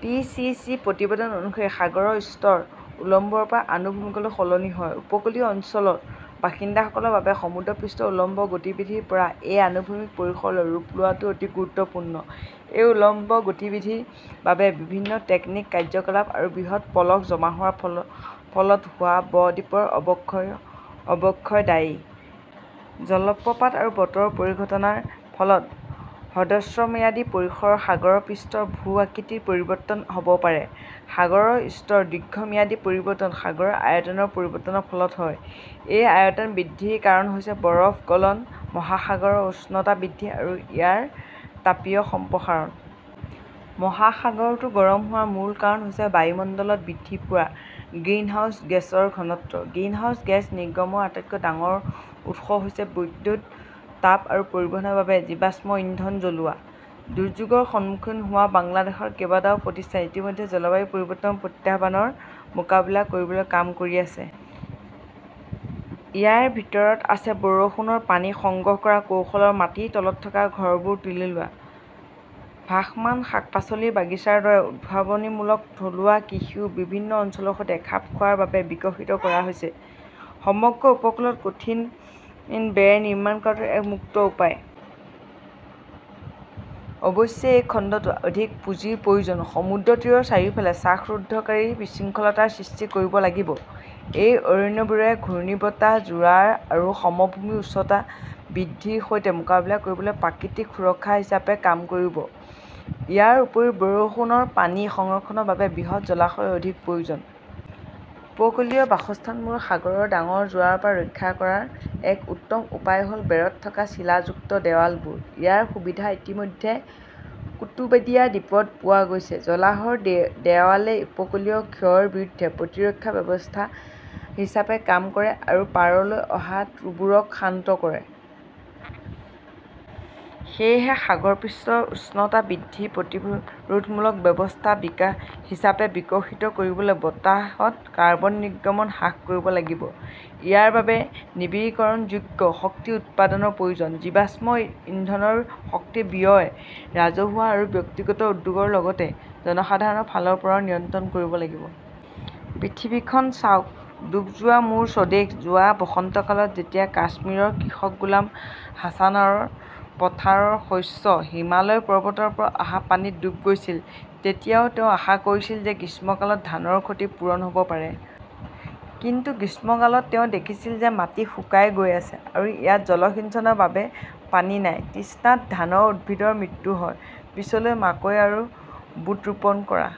P. C. C. প্ৰতিবেদন অনুসৰি, সাগৰৰ স্তৰ উলম্বৰ পৰা আনুভূমিকলৈ সলনি হয়। উপকূলীয় অঞ্চলৰ বাসিন্দাসকলৰ বাবে সমুদ্ৰপৃষ্ঠৰ উলম্ব গতিবিধিৰ পৰা এই আনুভূমিক পৰিসৰলৈ ৰূপ লোৱাটো অতি গুৰুত্বপূৰ্ণ। এই উলম্ব গতিবিধিৰ বাবে বিভিন্ন টেক্টনিক কাৰ্যকলাপ আৰু বৃহৎ পলস জমা হোৱাৰ ফলত হোৱা ব-দ্বীপৰ অৱক্ষয় দায়ী। জলপ্ৰপাত আৰু বতৰৰ পৰিঘটনাৰ ফলত হ্ৰস্বম্যাদী পৰিসৰত সাগৰৰ পৃষ্ঠৰ ভূ-আকৃতিৰ পৰিৱৰ্তন হ’ব পাৰে। সাগৰৰ স্তৰৰ দীৰ্ঘম্যাদী পৰিৱৰ্তন সাগৰৰ আয়তনৰ পৰিৱৰ্তনৰ ফলত হয়। এই আয়তন বৃদ্ধিৰ কাৰণ হৈছে বৰফ গলন, মহাসাগৰৰ উষ্ণতা বৃদ্ধি আৰু ইয়াৰ তাপীয় সম্প্ৰসাৰণ। মহাসাগৰটো গৰম হোৱাৰ মূল কাৰণ হৈছে বায়ুমণ্ডলত বৃদ্ধি পোৱা গ্ৰিনহাউজ গেছৰ ঘনত্ব। গ্ৰিনহাউজ গেছ নিৰ্গমনৰ আটাইতকৈ ডাঙৰ উৎস হৈছে বিদ্যুৎ, তাপ আৰু পৰিবহণৰ বাবে জীৱাশ্ম ইন্ধন জ্বলোৱা। দুৰ্যোগৰ সন্মুখীন হোৱা বাংলাদেশৰ কেইবাটাও প্ৰতিষ্ঠানে ইতিমধ্যে জলবায়ু পৰিৱৰ্তনৰ প্ৰত্যাহ্বানৰ মোকাবিলা কৰিবলৈ কাম কৰি আছে। ইয়াৰ ভিতৰত আছে বৰষুণৰ পানী সংগ্ৰহ কৰাৰ কৌশল আৰু মাটিৰ তলত থকা ঘৰবোৰ তুলি লোৱা। ভাসমান শাক-পাচলিৰ বাগিচাৰ দৰে উদ্ভাৱনীমূলক থলুৱা কৃষিও বিভিন্ন অঞ্চলৰ সৈতে খাপ খোৱাৰ বাবে বিকশিত কৰা হৈছে। সমগ্ৰ উপকূলত কঠিন বেৰ নিৰ্মাণ কৰাটো এক মুক্ত উপায়। অৱশ্যে এই খণ্ডটোত অধিক পুঁজিৰ প্ৰয়োজন। সমুদ্ৰতীৰৰ চাৰিওফালে শ্বাসৰুদ্ধকাৰী বিশৃংখলতাৰ সৃষ্টি কৰিব লাগিব। এই অৰণ্যবোৰে ঘূৰ্ণীবতাহ, জোৱাৰ আৰু সমভূমিৰ উচ্চতা বৃদ্ধিৰ সৈতে মোকাবিলা কৰিবলৈ প্ৰাকৃতিক সুৰক্ষা হিচাপে কাম কৰিব। ইয়াৰ উপৰিও বৰষুণৰ পানী সংৰক্ষণৰ বাবে বৃহৎ জলাশয়ৰ অধিক প্ৰয়োজন। উপকূলীয় বাসস্থানবোৰ সাগৰৰ ডাঙৰ জোৱাৰৰ পৰা ৰক্ষা কৰাৰ এক উত্তম উপায় হ’ল বেৰত থকা চিলাযুক্ত দেৱালবোৰ। ইয়াৰ সুবিধা ইতিমধ্যে কুতুবাদিয়া দ্বীপত পোৱা গৈছে। জলাহৰ দেৱালে উপকূলীয় ক্ষয়ৰ বিৰুদ্ধে প্ৰতিৰক্ষা ব্যৱস্থা হিচাপে কাম কৰে আৰু পাৰলৈ অহা ঢৌবোৰক শান্ত কৰে। সেয়েহে, সাগৰ পৃষ্ঠৰ উচ্চতা বৃদ্ধিৰ প্ৰতিৰোধমূলক ব্যৱস্থা হিচাপে বিকশিত কৰিবলৈ বতাহত কাৰ্বন নিৰ্গমন হ্ৰাস কৰিব লাগিব। ইয়াৰ বাবে নৱীকৰণযোগ্য শক্তি উৎপাদনৰ প্ৰয়োজন। জীৱাশ্ম ইন্ধনৰ শক্তি ব্যয় ৰাজহুৱা আৰু ব্যক্তিগত উদ্যোগৰ লগতে জনসাধাৰণৰ ফালৰ পৰাও নিয়ন্ত্ৰণ কৰিব লাগিব। পৃথিৱীখন চাওক, ডুব যোৱা মোৰ স্বদেশ যোৱা বসন্তকালত যেতিয়া কাশ্মীৰৰ কৃষক গোলাম হাছানৰ পথাৰৰ শস্য হিমালয় পৰ্বতৰ পৰা অহা পানীত ডুব গৈছিল, তেতিয়াও তেওঁ আশা কৰিছিল যে গ্ৰীষ্মকালত ধানৰ ক্ষতি পূৰণ হ 'ব পাৰে। কিন্তু গ্ৰীষ্মকালত তেওঁ দেখিছিল যে মাটি শুকাই গৈ আছে, আৰু ইয়াত জলসিঞ্চনৰ বাবে পানী নাই। তৃষ্ণাত ধানৰ উদ্ভিদৰ মৃত্যু হয়। পিছলৈ মাকৈ আৰু বুট ৰোপণ কৰা